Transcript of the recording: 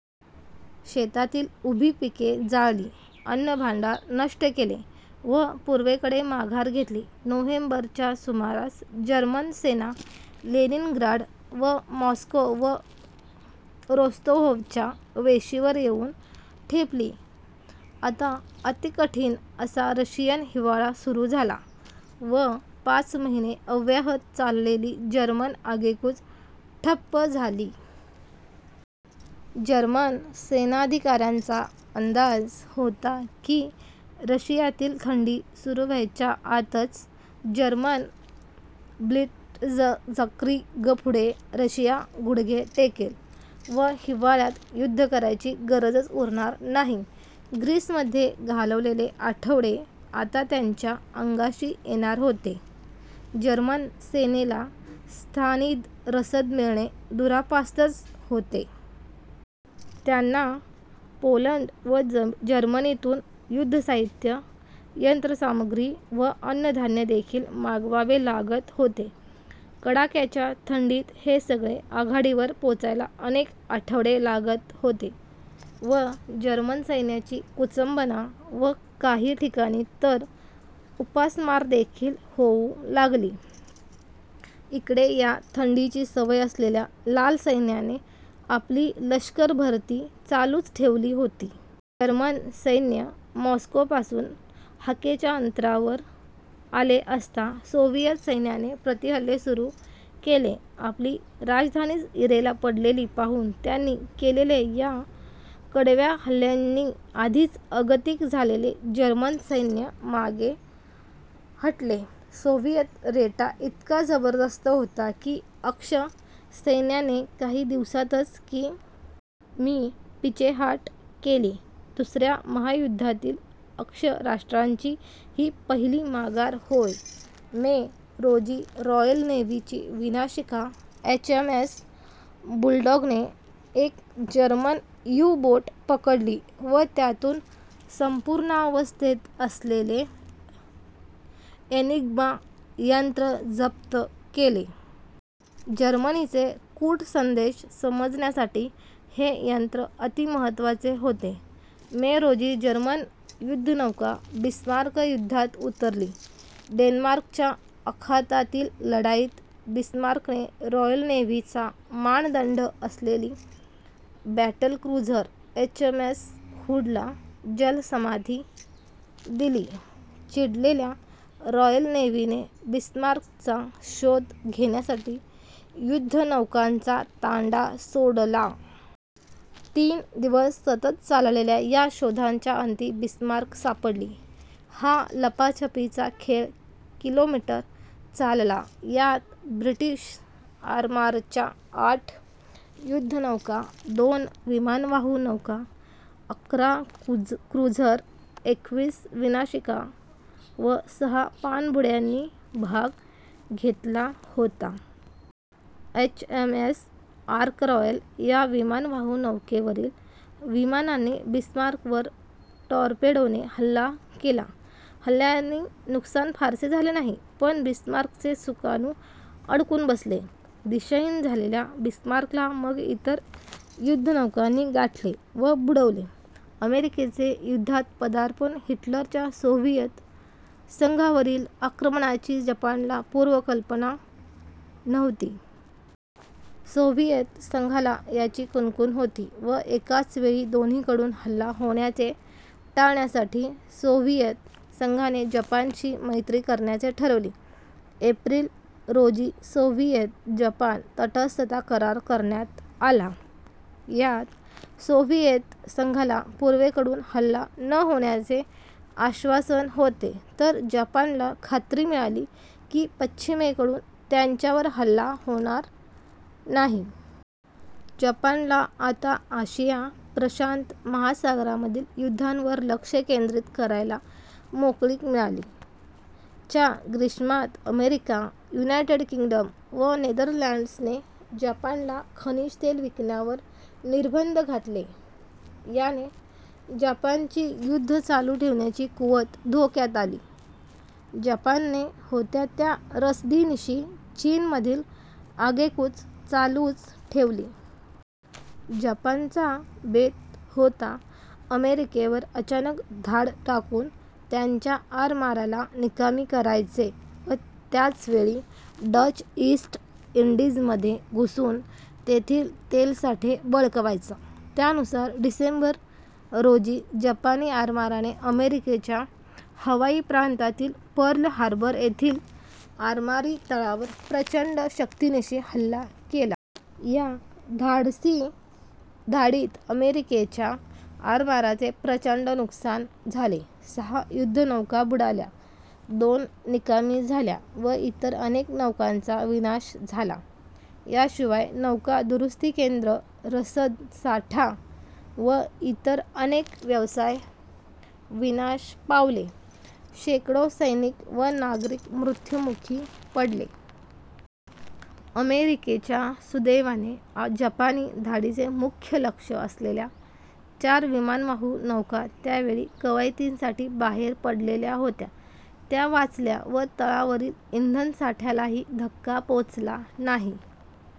शेतातील उभी पिके जाळली, अन्नभांडार नष्ट केले व पूर्वेकडे माघार घेतली. नोव्हेंबर च्या सुमारास जर्मन सेना लेनिनग्राड, मॉस्को व रोस्तोव्हच्या वेशीवर येऊन ठेपली. आता अतिकठीण असा रशियन हिवाळा सुरू झाला व पाच महिने अव्याहत चाललेली जर्मन आगेकूच ठप्प झाली. जर्मन सेनाधिकाऱ्यांचा अंदाज होता की रशियातील थंडी सुरू व्हायच्या आतच जर्मन ब्लिट्झक्रीगपुढे रशिया गुडघे टेकेल व हिवाळ्यात युद्ध करायची गरजच उरणार नाही. ग्रीसमध्ये घालवलेले आठवडे आता त्यांच्या अंगाशी येणार होते. जर्मन सेनेला स्थानिक रसद मिळणे दुरापास्तच होते. त्यांना पोलंड व जर्मनीतून युद्धसाहित्य, यंत्रसामग्री व अन्न-धान्यदेखील मागवावे लागत होते. कडाक्याच्या थंडीत हे सगळे आघाडीवर पोचायला अनेक आठवडे लागत होते व जर्मन सैन्याची कुचंबणा व काही ठिकाणी तर उपासमारदेखील होऊ लागली. इकडे या थंडीची सवय असलेल्या लाल सैन्याने आपली लश्करभरती चालूच ठेवली होती. जर्मन सैन्य मॉस्कोपासून हाकेच्या अंतरावर आले असता सोव्हिएत सैन्याने प्रतिहल्ले सुरू केले. आपली राजधानीच इरेला पडलेली पाहून त्यांनी केलेल्या या कडव्या हल्ल्यांनी आधीच अगतिक झालेले जर्मन सैन्य मागे हटले. सोव्हिएत रेटा इतका जबरदस्त होता की अक्ष सैन्याने काही दिवसातच - कि. मी. पीछेहाट केली. दुसऱ्या महायुद्धातील अक्ष राष्ट्रांची ही पहिली माघार होय. मे, रोजी रॉयल नेव्हीची विनाशिका एच. एम. एस. बुलडॉगने एक जर्मन यू-बोट पकडली व त्यातून संपूर्णावस्थेत असलेले एनिग्मा यंत्र जप्त केले. जर्मनीचे कूटसंदेश समजण्यासाठी हे यंत्र अतिमहत्त्वाचे होते. मे रोजी जर्मन युद्धनौका बिस्मार्क युद्धात उतरली. डेन्मार्कच्या अखातातील लढाईत बिस्मार्कने रॉयल नेव्हीचा मानदंड असलेली बॅटलक्रुझर एच. एम. एस. हूडला जलसमाधी दिली. चिडलेल्या रॉयल नेव्हीने बिस्मार्कचा शोध घेण्यासाठी युद्धनौकांचा तांडा सोडला. तीन दिवस सतत चाललेल्या या शोधाच्या अंती बिस्मार्क सापडली. हा लपाछपीचा खेळ कि. मी. चालला. यात ब्रिटिश आरमाराच्या आठ युद्धनौका, दोन विमानवाहू नौका, अकरा क्रुझर, एकवीस विनाशिका व सहा पाणबुड्यांनी भाग घेतला होता. H. M. S. Ark Royal या विमानवाहू नौकेवरील विमानांनी बिस्मार्कवर टॉरपेडोने हल्ला केला. हल्ल्याने नुकसान फारसे झाले नाही पण बिस्मार्कचे सुकाणू अडकून बसले. दिशाहीन झालेल्या बिस्मार्कला मग इतर युद्धनौकांनी गाठले व बुडवले. अमेरिकेचे युद्धात पदार्पण हिटलरच्या सोव्हिएत संघावरील आक्रमणाची जपानला पूर्वकल्पना नव्हती. सोव्हिएत संघाला याची कुणकुण होती व एकाचवेळी दोन्हीकडून हल्ला होण्याचे टाळण्यासाठी सोव्हिएत संघाने जपानशी मैत्री करण्याचे ठरवले. एप्रिल, रोजी सोव्हिएत-जपान तटस्थता करार करण्यात आला. यात सोव्हिएत संघाला पूर्वेकडून हल्ला न होण्याचे आश्वासन होते तर जपानला खात्री मिळाली की पश्चिमेकडून त्यांच्यावर हल्ला होणार नाही. जपानला आता आशिया-प्रशांत महासागरामधील युद्धावर लक्ष केंद्रित करायला मोकळीक मिळाली. च्या ग्रीष्मात अमेरिका, युनायटेड किंग्डम व नेदरलँड्सने जपानला खनिजतेल विकण्यावर निर्बंध घातले. याने जपानची युद्ध चालू ठेवण्याची कुवत धोक्यात आली. जपानने होत्या त्या रसदीनिशी चीनमधील आगेकूच चालूच ठेवली. जपानचा बेत होता अमेरिकेवर अचानक धाड टाकून त्यांच्या आरमाराला निकामी करायचे व त्याच वेळी डच ईस्ट ईंडीझमध्ये घुसून तेथील तेलसाठे बळकावायचा. त्यानुसार डिसेंबर, रोजी जपानी आरमाराने अमेरिकेच्या हवाई प्रांतातील पर्ल हार्बर येथील आरमारी तळावर प्रचंड शक्तीनिशी हल्ला केला. या धाडीत अमेरिकेच्या आरमाराचे प्रचंड नुकसान झाले. सहा युद्धनौका बुडाल्या, दोन निकामी झाल्या व इतर अनेक नौकांचा विनाश झाला. या शिवाय नौका-दुरूस्ती केंद्र, रसद साठा व इतर अनेक व्यवसाय विनाश पावले. शेकडो सैनिक व नागरिक मृत्युमुखी पडले. अमेरिकेच्या सुदैवाने जपानी धाडीचे मुख्य लक्ष्य असलेल्या चार विमानवाहू नौका त्या वेळी कवायतींसाठी बाहेर पडलेल्या होत्या त्या वाचल्या व तळावरील इंधनसाठ्यालाही धक्का पोचला नाही.